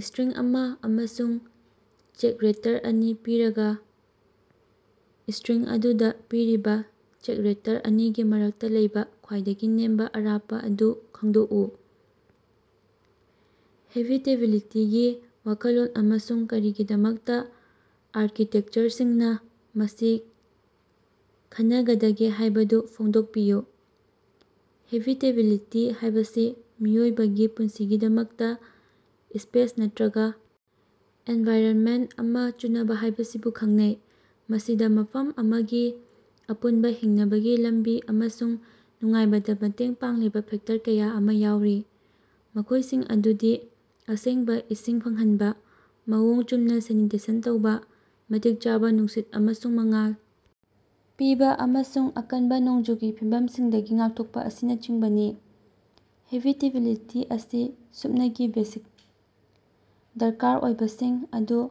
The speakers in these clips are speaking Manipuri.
ꯁ꯭ꯇꯔꯤꯡ ꯑꯃ ꯑꯃꯁꯨꯡ ꯆꯦꯛꯔꯦꯇꯔ ꯑꯅꯤ ꯄꯤꯔꯒ, ꯁ꯭ꯇꯔꯤꯡ ꯑꯗꯨꯗ ꯄꯤꯔꯤꯕ ꯆꯦꯛꯔꯦꯇꯔ ꯑꯅꯤꯒꯤ ꯃꯔꯛꯇ ꯂꯩꯕ ꯈ꯭ꯋꯥꯏꯗꯒꯤ ꯅꯦꯝꯕ ꯑꯔꯥꯞꯄ ꯑꯗꯨ ꯈꯪꯗꯣꯛꯎ꯫ "ꯍꯦꯕꯤꯇꯦꯕꯤꯂꯤꯇꯤ"ꯒꯤ ꯋꯥꯈꯜꯂꯣꯟ ꯑꯃꯁꯨꯡ ꯀꯔꯤꯒꯤꯗꯃꯛꯇ ꯑꯥꯔꯀꯤꯇꯦꯛꯆꯔꯁꯤꯡꯅ ꯃꯁꯤ ꯈꯟꯅꯒꯗꯒꯦ ꯍꯥꯏꯕꯗꯨ ꯐꯣꯡꯗꯣꯛꯄꯤꯌꯨ꯫ ꯍꯦꯕꯤꯇꯦꯕꯤꯂꯤꯇꯤ ꯍꯥꯏꯕꯁꯤ ꯃꯤꯑꯣꯏꯕꯒꯤ ꯄꯨꯟꯁꯤꯒꯤꯗꯃꯛꯇ ꯁ꯭ꯄꯦꯁ ꯅꯠꯇ꯭ꯔꯒ ꯑꯦꯟꯚꯥꯏꯔꯟꯃꯦꯟꯇ ꯑꯃ ꯆꯨꯅꯕ ꯍꯥꯏꯕꯁꯤꯕꯨ ꯈꯪꯅꯩ꯫ ꯃꯁꯤꯗ ꯃꯐꯝ ꯑꯃꯒꯤ ꯑꯄꯨꯟꯕ ꯍꯤꯡꯅꯕꯒꯤ ꯂꯝꯕꯤ ꯑꯃꯁꯨꯡ ꯅꯨꯡꯉꯥꯏꯕꯗ ꯃꯇꯦꯡ ꯄꯥꯡꯂꯤꯕ ꯐꯦꯛꯇꯔ ꯀꯌꯥ ꯑꯃ ꯌꯥꯎꯔꯤ, ꯃꯈꯣꯏꯁꯤꯡ ꯑꯗꯨꯗꯤ ꯑꯁꯦꯡꯕ ꯏꯁꯤꯡ ꯐꯪꯍꯟꯕ, ꯃꯑꯣꯡ ꯆꯨꯝꯅ ꯁꯦꯅꯤꯇꯦꯁꯟ ꯇꯧꯕ, ꯃꯇꯤꯛ ꯆꯥꯕ ꯅꯨꯡꯁꯤꯠ ꯑꯃꯁꯨꯡ ꯃꯉꯥꯜ ꯄꯤꯕ, ꯑꯃꯁꯨꯡ ꯑꯀꯟꯕ ꯅꯣꯡꯖꯨꯒꯤ ꯐꯤꯕꯝꯁꯤꯡꯗꯒꯤ ꯉꯥꯛꯊꯣꯛꯄ ꯑꯁꯤꯅꯆꯤꯡꯕꯅꯤ꯫ ꯍꯦꯕꯤꯇꯦꯕꯤꯂꯤꯇꯤ ꯑꯁꯤ ꯁꯨꯞꯅꯒꯤ ꯕꯦꯁꯤꯛ ꯗꯔꯀꯥꯔ ꯑꯣꯏꯕꯁꯤꯡ ꯑꯗꯨ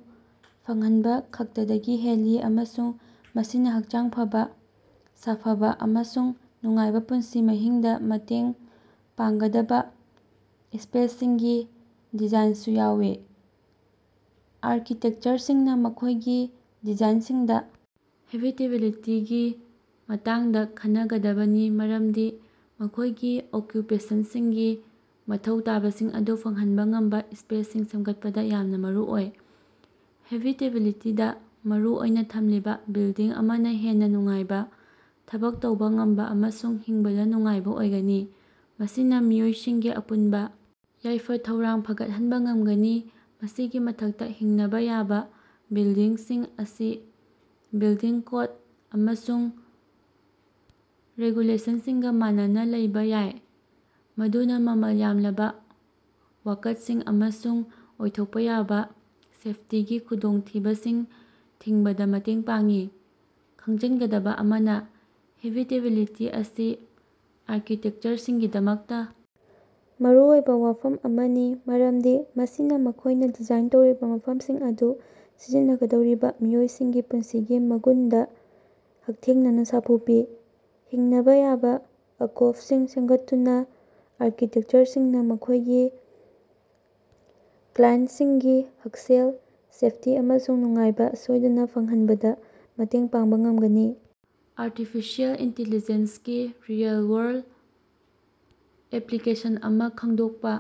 ꯐꯪꯍꯟꯕꯈꯛꯇꯗꯒꯤ ꯍꯦꯜꯂꯤ ꯑꯃꯁꯨꯡ ꯃꯁꯤꯅ ꯍꯛꯆꯥꯡ ꯐꯕ, ꯁꯥꯐꯕ ꯑꯃꯁꯨꯡ ꯅꯨꯡꯉꯥꯏꯕ ꯄꯨꯟꯁꯤ ꯃꯍꯤꯡꯗ ꯃꯇꯦꯡ ꯄꯥꯡꯒꯗꯕ ꯁ꯭ꯄꯦꯁꯁꯤꯡꯒꯤ ꯗꯤꯖꯥꯏꯟꯁꯨ ꯌꯥꯎꯏ꯫ ꯑꯥꯔꯀꯤꯇꯦꯛꯆꯔꯁꯤꯡꯅ ꯃꯈꯣꯏꯒꯤ ꯗꯤꯖꯥꯏꯟꯁꯤꯡꯗ ꯍꯦꯕꯤꯇꯦꯕꯤꯂꯤꯇꯤꯒꯤ ꯃꯇꯥꯡꯗ ꯈꯟꯅꯒꯗꯕꯅꯤ ꯃꯔꯝꯗꯤ ꯃꯈꯣꯏꯒꯤ ꯑꯣꯀ꯭ꯌꯨꯄꯦꯁꯟꯇꯁꯤꯡꯒꯤ ꯃꯊꯧ ꯇꯥꯕꯁꯤꯡ ꯑꯗꯨ ꯐꯪꯍꯟꯕ ꯉꯝꯕ ꯁ꯭ꯄꯦꯁꯁꯤꯡ ꯁꯦꯝꯒꯠꯄꯗ ꯌꯥꯝꯅ ꯃꯔꯨꯑꯣꯏ꯫ ꯍꯦꯕꯤꯇꯦꯕꯤꯂꯤꯇꯤꯗ ꯃꯔꯨ ꯑꯣꯏꯅ ꯊꯝꯂꯤꯕ ꯕꯤꯜꯗꯤꯡ ꯑꯃꯅ ꯍꯦꯟꯅ ꯅꯨꯡꯉꯥꯏꯕ, ꯊꯕꯛ ꯇꯧꯕ ꯉꯝꯕ ꯑꯃꯁꯨꯡ ꯍꯤꯡꯕꯗ ꯅꯨꯡꯉꯥꯏꯕ ꯑꯣꯏꯒꯅꯤ, ꯃꯁꯤꯅ ꯃꯤꯑꯣꯏꯁꯤꯡꯒꯤ ꯑꯄꯨꯟꯕ ꯌꯥꯏꯐ-ꯊꯧꯔꯥꯡ ꯐꯒꯠꯍꯟꯕ ꯉꯝꯒꯅꯤ꯫ ꯃꯁꯤꯒꯤ ꯃꯊꯛꯇ ꯍꯤꯡꯅꯕ ꯌꯥꯕ ꯕꯤꯜꯗꯤꯡꯁꯤꯡ ꯑꯁꯤ ꯕꯤꯜꯗꯤꯡ ꯀꯣꯗ ꯑꯃꯁꯨꯡ ꯔꯦꯒꯨꯂꯦꯁꯟꯁꯤꯡꯒ ꯃꯥꯟꯅꯅ ꯂꯩꯕ ꯌꯥꯏ, ꯃꯗꯨꯅ ꯃꯃꯜ ꯌꯥꯝꯂꯕ ꯋꯥꯀꯠꯁꯤꯡ ꯑꯃꯁꯨꯡ ꯑꯣꯏꯊꯣꯛꯄ ꯌꯥꯕ ꯁꯦꯐꯇꯤꯒꯤ ꯈꯨꯗꯣꯡꯊꯤꯕꯁꯤꯡ ꯊꯤꯡꯕꯗ ꯃꯇꯦꯡ ꯄꯥꯡꯏ꯫ ꯈꯪꯖꯤꯟꯒꯗꯕ ꯑꯃꯅ, ꯍꯦꯕꯤꯇꯦꯕꯤꯂꯤꯇꯤ ꯑꯁꯤ ꯑꯥꯔꯀꯤꯇꯦꯛꯆꯔꯒꯤꯗꯃꯛꯇ ꯃꯔꯨꯑꯣꯏꯕ ꯋꯥꯐꯝ ꯑꯃꯅꯤ ꯃꯔꯝꯗꯤ ꯃꯁꯤꯅ ꯃꯈꯣꯏꯅ ꯗꯤꯖꯥꯏꯟ ꯇꯧꯔꯤꯕ ꯃꯐꯝꯁꯤꯡ ꯑꯗꯨ ꯁꯤꯖꯤꯟꯅꯒꯗꯧꯔꯤꯕ ꯃꯤꯑꯣꯏꯁꯤꯡꯒꯤ ꯄꯨꯟꯁꯤꯒꯤ ꯃꯒꯨꯟꯗ ꯍꯛꯊꯦꯡꯅꯅ ꯁꯥꯐꯨ ꯄꯤ꯫ ꯍꯤꯡꯅꯕ ꯌꯥꯕ ꯑꯀꯣꯐꯕꯁꯤꯡ ꯁꯦꯝꯒꯠꯇꯨꯅ ꯑꯥꯔꯀꯤꯇꯦꯛꯆꯔꯁꯤꯡꯅ ꯃꯈꯣꯏꯒꯤ ꯀ꯭ꯂꯥꯏꯟꯇꯁꯤꯡꯒꯤ ꯍꯛꯁꯦꯜ, ꯁꯦꯐꯇꯤ ꯑꯃꯁꯨꯡ ꯅꯨꯡꯉꯥꯏꯕ ꯁꯣꯏꯗꯅ ꯐꯪꯍꯟꯕꯗ ꯃꯇꯦꯡ ꯄꯥꯡꯕ ꯉꯝꯒꯅꯤ꯫ ꯑꯥꯔꯇꯤꯐꯤꯁ꯭ꯌꯜ ꯏꯟꯇꯦꯂꯤꯖꯦꯟꯁ ꯀꯤ ꯔꯤꯑꯦꯜ-ꯋꯥꯔꯜꯗ ꯑꯦꯄ꯭ꯂꯤꯀꯦꯁꯟ ꯑꯃ ꯈꯪꯗꯣꯛꯄ꯫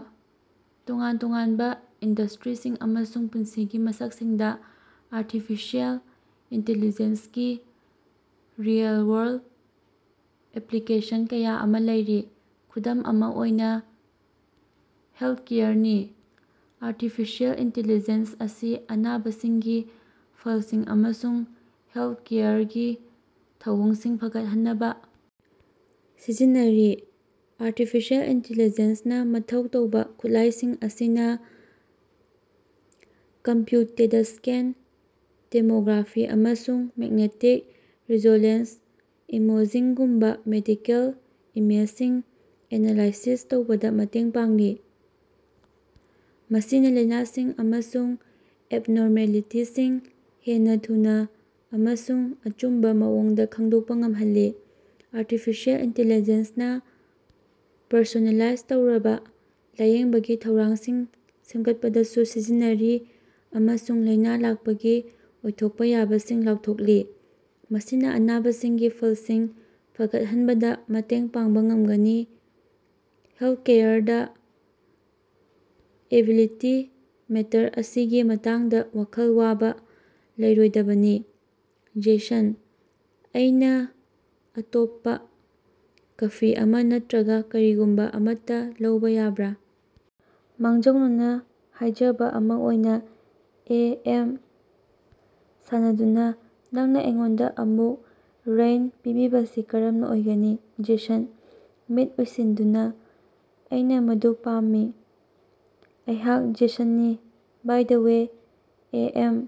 ꯇꯣꯉꯥꯟ-ꯇꯣꯉꯥꯟꯕ ꯏꯟꯗꯁꯇ꯭ꯔꯤꯁꯤꯡ ꯑꯃꯁꯨꯡ ꯄꯨꯟꯁꯤꯒꯤ ꯃꯁꯛꯁꯤꯡꯗ ꯑꯥꯔꯇꯤꯐꯤꯁ꯭ꯌꯜ ꯏꯟꯇꯦꯂꯤꯖꯦꯟꯁ ꯒꯤ ꯔꯤꯑꯦꯜ-ꯋꯥꯔꯜꯗ ꯑꯦꯄ꯭ꯂꯤꯀꯦꯁꯟ ꯀꯌꯥ ꯑꯃ ꯂꯩꯔꯤ꯫ ꯈꯨꯗꯝ ꯑꯃ ꯑꯣꯏꯅ ꯍꯦꯜꯊꯀꯦꯌꯔꯅꯤ: ꯑꯥꯔꯇꯤꯐꯤꯁꯤꯑꯦꯜ ꯏꯟꯇꯤꯂꯤꯖꯦꯟꯁ ꯑꯁꯤ ꯑꯅꯥꯕꯁꯤꯡꯒꯤ ꯐꯜꯁꯤꯡ ꯑꯃꯁꯨꯡ ꯍꯦꯜꯊꯀꯦꯌꯔꯒꯤ ꯊꯧꯑꯣꯡꯁꯤꯡ ꯐꯒꯠꯍꯟꯅꯕ ꯁꯤꯖꯤꯟꯅꯔꯤ꯫ ꯑꯥꯔꯇꯤꯐꯤꯁ꯭ꯌꯜ ꯏꯟꯇꯦꯂꯤꯖꯦꯟꯁꯅ ꯃꯊꯧ ꯇꯧꯕ ꯈꯨꯠꯂꯥꯏꯁꯤꯡ ꯑꯁꯤꯅ ꯀꯝꯄ꯭ꯌꯨꯇꯦꯗꯁ꯭ꯀꯦꯟ ꯇꯦꯃꯣꯒ꯭ꯔꯥꯐꯤ ꯑꯃꯁꯨꯡ ꯃꯦꯛꯅꯦꯇꯤꯛ ꯔꯤꯖꯣꯂꯦꯟꯁ ꯏꯃꯣꯖꯤꯡ ꯒꯨꯝꯕ ꯃꯦꯗꯤꯀꯦꯜ ꯏꯃꯦꯖꯁꯤꯡ ꯑꯦꯅꯂꯥꯏꯁꯤꯁ ꯇꯧꯕꯗ ꯃꯇꯦꯡ ꯄꯥꯡꯂꯤ, ꯃꯁꯤꯅ ꯂꯥꯏꯅꯥꯁꯤꯡ ꯑꯃꯁꯨꯡ ꯑꯦꯕꯅꯣꯔꯃꯦꯂꯤꯇꯤꯁꯤꯡ ꯍꯦꯟꯅ ꯊꯨꯅ ꯑꯃꯁꯨꯡ ꯑꯆꯨꯝꯕ ꯃꯑꯣꯡꯗ ꯈꯪꯗꯣꯛꯄ ꯉꯝꯍꯜꯂꯤ꯫ ꯑꯥꯔꯇꯤꯐꯤꯁ꯭ꯌꯜ ꯏꯟꯇꯦꯂꯤꯖꯦꯟꯁꯅ ꯄꯔꯁꯣꯅꯦꯂꯥꯏꯖ ꯇꯧꯔꯕ ꯂꯥꯌꯦꯡꯕꯒꯤ ꯊꯧꯔꯥꯡꯁꯤꯡ ꯁꯦꯝꯒꯠꯄꯗꯁꯨ ꯁꯤꯖꯤꯟꯅꯔꯤ ꯑꯃꯁꯨꯡ ꯂꯥꯏꯅꯥ ꯂꯥꯛꯄꯒꯤ ꯑꯣꯏꯊꯣꯛꯄ ꯌꯥꯕꯁꯤꯡ ꯂꯥꯎꯊꯣꯛꯂꯤ, ꯃꯁꯤꯅ ꯑꯅꯥꯕꯁꯤꯡꯒꯤ ꯐꯜꯁꯤꯡ ꯐꯒꯠꯍꯟꯕꯗ ꯃꯇꯦꯡ ꯄꯥꯡꯕ ꯉꯝꯒꯅꯤ꯫ ꯍꯦꯜꯊꯀꯦꯌꯔꯗ ꯑꯦꯕꯤꯂꯤꯇꯤ ꯃꯦꯇꯔ ꯃꯁꯤꯒꯤ ꯃꯇꯥꯡꯗ ꯋꯥꯈꯜ ꯋꯥꯕ ꯂꯩꯔꯣꯏꯗꯕꯅꯤ꯫ ꯖꯦꯁꯟ: ꯑꯩꯅ ꯑꯇꯣꯞꯄ ꯀꯐꯤ ꯑꯃ ꯅꯠꯇ꯭ꯔꯒ ꯀꯔꯤꯒꯨꯝꯕ ꯑꯃꯠꯇ ꯂꯧꯕ ꯌꯥꯕ꯭ꯔ? ꯃꯥꯡꯖꯧꯅꯅ ꯍꯥꯏꯖꯕ ꯑꯃ ꯑꯣꯏꯅ? ꯑꯦ. ꯑꯦꯝ.: (ꯁꯥꯟꯅꯗꯨꯅꯥ) ꯅꯪꯅ ꯑꯩꯉꯣꯟꯗ ꯑꯃꯨꯛ ꯔ꯭ꯏꯟ ꯄꯤꯕꯤꯕꯁꯤ ꯀꯔꯝꯅ ꯑꯣꯏꯒꯅꯤ? ꯖꯦꯁꯟ: (ꯃꯤꯠ ꯎꯏꯁꯤꯟꯗꯨꯅ) ꯑꯩꯅ ꯃꯗꯨ ꯄꯥꯝꯃꯤ꯫ ꯑꯩꯍꯥꯛ ꯖꯦꯁꯟꯅꯤ by the way. A. M.: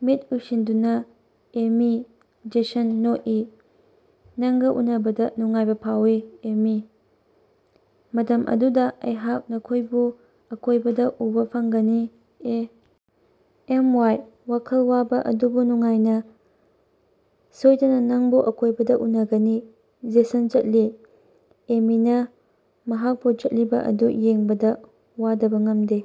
(ꯃꯤꯠ ꯎꯏꯁꯤꯟꯗꯨꯅ) ꯑꯦꯃꯤ꯫ ꯖꯦꯁꯟ: (ꯅꯣꯛꯏ) ꯅꯪꯒ ꯎꯅꯕꯗ ꯅꯨꯡꯉꯥꯏꯕ ꯐꯥꯎꯏ, ꯑꯦꯃꯤ꯫ ꯃꯇꯝ ꯑꯗꯨꯗ ꯑꯩꯍꯥꯛ ꯅꯈꯣꯏꯕꯨ ꯑꯀꯣꯏꯕꯗ ꯎꯕ ꯐꯪꯒꯅꯤ꯫ ꯑꯦ. ꯑꯦꯝ. ꯋꯥꯏ.: (ꯋꯥꯈꯜ ꯋꯥꯕ ꯑꯗꯨꯕꯨ ꯅꯨꯡꯉꯥꯏꯅ) ꯁꯣꯏꯗꯅ, ꯅꯪꯕꯨ ꯑꯀꯣꯏꯕꯗ ꯎꯅꯒꯅꯤ꯫ ꯖꯦꯁꯟ ꯆꯠꯂꯤ, ꯑꯦꯃꯤꯅ ꯃꯍꯥꯛꯄꯨ ꯆꯠꯂꯤꯕ ꯑꯗꯨ ꯌꯦꯡꯕꯗ ꯋꯥꯗꯕ ꯉꯝꯗꯦ꯫